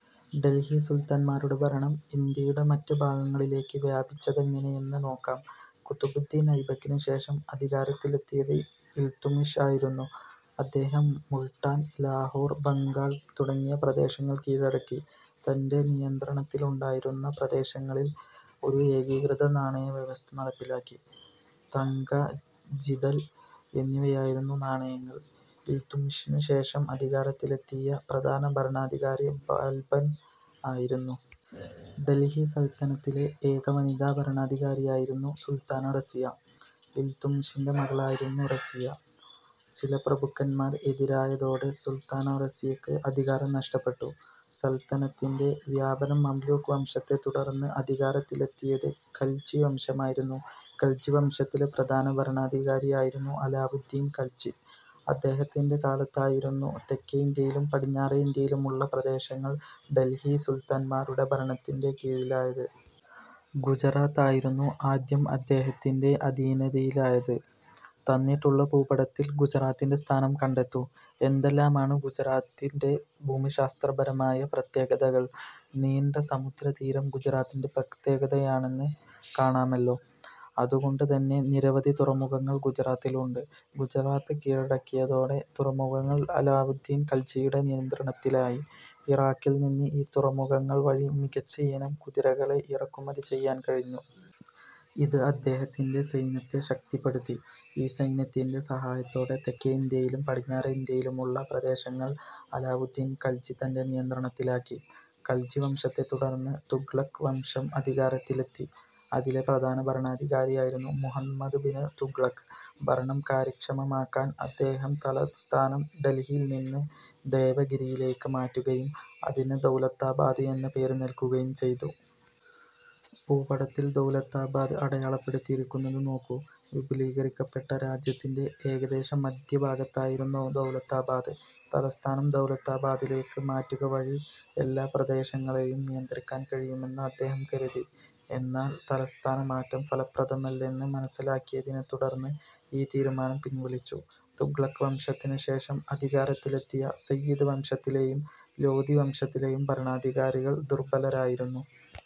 ഡൽഹി സുൽത്താന്മാരുടെ ഭരണം ഇന്ത്യയുടെ മറ്റ് ഭാഗങ്ങളിലേക്ക് വ്യാപിച്ചതെങ്ങനെയെന്ന് നോക്കാം. കുത്ബുദ്ദീൻ ഐബക്കിനുശേഷം അധികാരത്തിലെത്തിയത് ഇൽതുത്മിഷ് ആയിരുന്നു. അദ്ദേഹം മുൾട്ടാൻ, ലാഹോർ, ബംഗാൾ തുടങ്ങിയ പ്രദേശങ്ങൾ കീഴടക്കി. തന്റെ നിയന്ത്രണത്തിലുണ്ടായിരുന്ന പ്രദേശങ്ങളിൽ ഒരു ഏകീകൃത നാണയവ്യവസ്ഥ നടപ്പിലാക്കി. തങ്ക, ജിതൽ എന്നിവയായിരുന്നു നാണയങ്ങൾ. ഇൽതുത്മിഷിനു ശേഷം അധികാരത്തിലെത്തിയ പ്രധാന ഭരണാധികാരി ബാൽബൻ ആയിരുന്നു. ഡൽഹി സൽത്തനത്തിലെ ഏക വനിതാ ഭരണാധികാരിയായിരുന്നു സുൽത്താന റസിയ. ഇൽതുത്മിഷിന്റെ മകളായിരുന്നു റസിയ. ചില പ്രഭുക്കന്മാർ എതിരായതോടെ സുൽത്താന റസിയയ്ക്ക് അധികാരം നഷ്ടപ്പെട്ടു. സൽത്തനത്തിന്റെ വ്യാപനം മംലൂക്ക് വംശത്തെത്തുടർന്ന് അധികാരത്തിലെത്തിയത് ഖൽജി വംശമായിരുന്നു. ഖൽജി വംശത്തിലെ പ്രധാന ഭരണാധികാരിയായിരുന്നു അലാവുദ്ദീൻ ഖൽജി. അദ്ദേഹത്തിന്റെ കാലത്തായിരുന്നു തെക്കേ ഇന്ത്യയിലും പടിഞ്ഞാറെ ഇന്ത്യയിലുമുള്ള പ്രദേശങ്ങൾ ഡൽഹി സുൽത്താന്മാരുടെ ഭരണത്തിന്റെ കീഴിലായത്. ഗുജറാത്ത് ആയിരുന്നു ആദ്യം അദ്ദേഹത്തിന്റെ അധീനതയിലായത്. തന്നിട്ടുള്ള ഭൂപടത്തിൽ ഗുജറാത്തിന്റെ സ്ഥാനം കണ്ടെത്തൂ. എന്തെല്ലാമാണ് ഗുജറാത്തിന്റെ ഭൂമിശാസ്ത്രപരമായ പ്രത്യേകതകൾ നീണ്ട സമുദ്രതീരം ഗുജറാത്തിന്റെ പ്രത്യേകതയാണെന്ന് കാണാമല്ലോ. അതുകൊണ്ടുതന്നെ നിരവധി തുറമുഖങ്ങൾ ഗുജറാത്തിലുണ്ട്. ഗുജറാത്ത് കീഴടക്കിയതോടെ തുറമുഖങ്ങൾ അലാവുദ്ദീൻ ഖൽജിയുടെ നിയന്ത്രണത്തിലായി. ഇറാഖിൽനിന്ന് ഈ തുറമുഖങ്ങൾ വഴി മികച്ചയിനം കുതിരകളെ ഇറക്കുമതി ചെയ്യാൻ കഴിഞ്ഞു. ഇത് അദ്ദേഹത്തിന്റെ സൈന്യത്തെ ശക്തിപ്പെടുത്തി. ഈ സൈന്യത്തിന്റെ സഹായത്തോടെ തെക്കേ ഇന്ത്യയിലും പടിഞ്ഞാറെ ഇന്ത്യയിലുമുള്ള പ്രദേശങ്ങൾ അലാവുദ്ദീൻ ഖൽജി തന്റെ നിയന്ത്രണത്തിലാക്കി. ഖൽജി വംശത്തെത്തുടർന്ന് തുഗ്ലക്ക് വംശം അധികാരത്തിലെത്തി. അതിലെ പ്രധാന ഭരണാധികാരിയായിരുന്നു മുഹമ്മദ് ബിൻ തുഗ്ലക്ക്. ഭരണം കാര്യക്ഷമമാക്കാൻ അദ്ദേഹം തലസ്ഥാനം ഡൽഹിയിൽ നിന്ന് ദേവഗിരിയിലേക്ക് മാറ്റുകയും അതിന് ദൗലത്താബാദ് എന്ന പേര് നൽകുകയും ചെയ്തു. ഭൂപടത്തിൽ ദൗലത്താബാദ് അടയാളപ്പെടുത്തിയിരിക്കുന്നത് നോക്കൂ. വിപുലീകരിക്കപ്പെട്ട രാജ്യത്തിന്റെ ഏകദേശം മധ്യഭാഗത്തായിരുന്നു ദൗലത്താബാദ്. തലസ്ഥാനം ദൗലത്താബാദിലേക്ക് മാറ്റുകവഴി എല്ലാ പ്രദേശങ്ങളേയും നിയന്ത്രിക്കാൻ കഴിയുമെന്ന് അദ്ദേഹം കരുതി. എന്നാൽ തലസ്ഥാനമാറ്റം ഫലപ്രദമല്ലെന്ന് മനസ്സിലാക്കിയതിനെത്തുടർന്ന് ഈ തീരുമാനം പിൻവലിച്ചു. തുഗ്ലക്ക് വംശത്തിനുശേഷം അധികാരത്തിലെത്തിയ സയ്യിദ് വംശത്തിലെയും ലോദി വംശത്തിലെയും ഭരണാധികാരികൾ ദുർബലരായിരുന്നു.